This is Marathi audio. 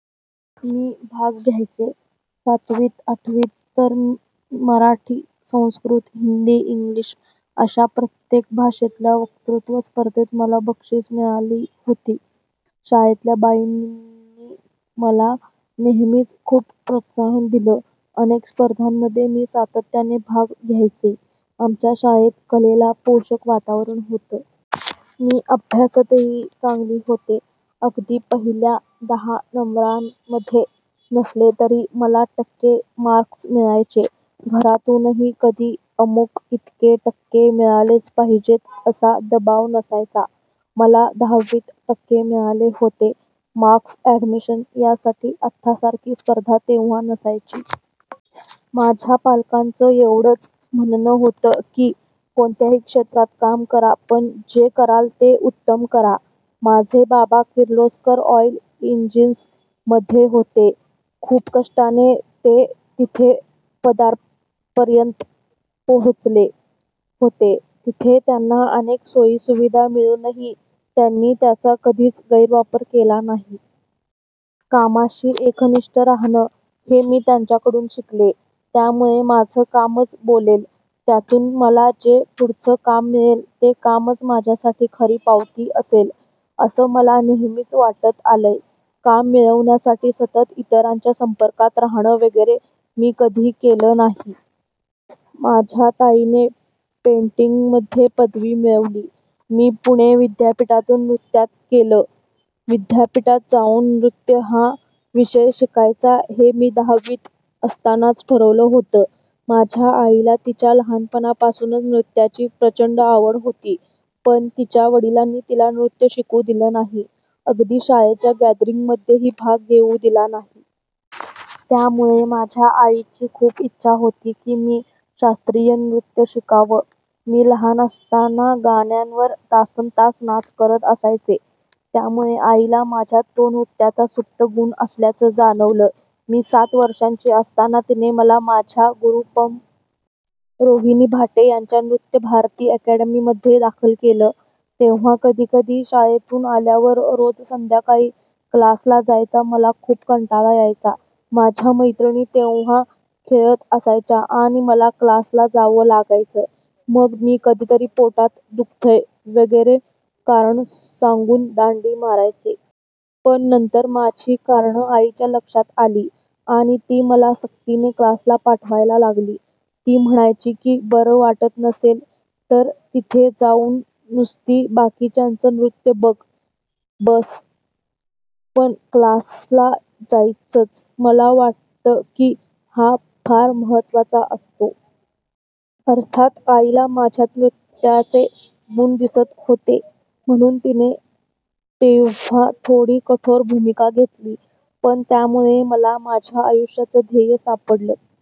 मी भाग घ्यायचे. सातवी-आठवीत तर मराठी, संस्कृत, हिंदी, इंग्लिश अशा प्रत्येक भाषेतल्या वक्तृत्व स्पर्धेत मला बक्षिसं मिळाली होती! शाळेतल्या बाईंनी मला नेहमीच खूप प्रोत्साहन दिलं. अनेक स्पर्धांमध्ये मी सातत्याने भाग घ्यायचे. आमच्या शाळेत कलेला पोषक वातावरण होतं. मी अभ्यासातही चांगली होते. अगदी पहिल्या दहा नंबरांमध्ये नसले तरी मला टक्के मार्क्स मिळायचे. घरातूनही कधी 'अमुक इतके टक्के मिळालेच पाहिजेत' असा दबाव नसायचा. मला दहावीत टक्के मिळाले होते. मार्क्स, अॅडमिशन यासाठी आत्तासारखी स्पर्धा तेव्हा नसायची. माझ्या पालकांचं एवढंच म्हणणं होतं की, कोणत्याही क्षेत्रात काम करा पण जे कराल ते उत्तम करा. माझे बाबा 'किर्लोस्कर ऑइल इंजिन्स'मध्ये होते, खूप कष्टाने ते तिथे.. पदापर्यंत पोहोचले होते. तिथे त्यांना अनेक सोयीसुविधा मिळूनही त्यांनी त्याचा कधीच गैरवापर केला नाही. कामाशी एकनिष्ठ राहणं हे मी त्यांच्याकडून शिकले. त्यामुळे 'माझं कामच बोलेल, त्यातून मला जे पुढचं काम मिळेल ते कामच माझ्यासाठी खरी पावती असेल,' असं मला नेहमीच वाटत आलंय. काम मिळवण्यासाठी सतत इतरांच्या संपर्कात राहणं वगैरे मी कधी केलं नाही. माझ्या ताईने पेंटिंगमध्ये पदवी मिळवली. मी पुणे विद्यापीठातून नृत्यात.. केलं. विद्यापीठात जाऊन 'नृत्य' हा विषय शिकायचा हे मी दहावीत असतानाच ठरवलं होतं. माझ्या आईला तिच्या लहानपणापासूनच नृत्याची प्रचंड आवड होती. पण तिच्या वडिलांनी तिला नृत्य शिकू दिलं नाही, अगदी शाळेच्या गॅदरिंगमध्येही भाग घेऊ दिला नाही. त्यामुळे माझ्या आईची खूप इच्छा होती की मी शास्त्रीय नृत्य शिकावं. मी लहान असताना गाण्यांवर तासन्तास नाच करत असायचे. त्यामुळे आईला माझ्यात तो नृत्याचा सुप्त गुण असल्याचं जाणवलं. मी सात वर्षांची असताना तिने मला, माझ्या गुरू पं. रोहिणी भाटे यांच्या नृत्यभारती अॅकडमीमध्ये दाखल केलं. तेव्हा कधीकधी शाळेतून आल्यावर रोज संध्याकाळी क्लासला जायचा मला खूप कंटाळा यायचा. माझ्या मैत्रिणी तेव्हा खेळत असायच्या आणि मला क्लासला जावं लागायचं! मग मी कधीतरी 'पोटात दुखतंय' वगैरे कारणं सांगून दांडी मारायचे. पण नंतर माझी कारणं आईच्या लक्षात आली आणि ती मला सक्तीने क्लासला पाठवायला लागली. ती म्हणायची की बरं वाटत नसेल तर तिथे जाऊन नुसती बाकीच्यांचं नृत्य बघत बस, पण क्लासला जायचंच. मला वाटतं की, हा फार महत्त्वाचा असतो. अर्थात आईला माझ्यात नृत्याचे गुण दिसत होते म्हणून तिने तेव्हा थोडी कठोर भूमिका घेतली. पण त्यामुळे मला माझ्या आयुष्याचं 'ध्येय' सापडलं!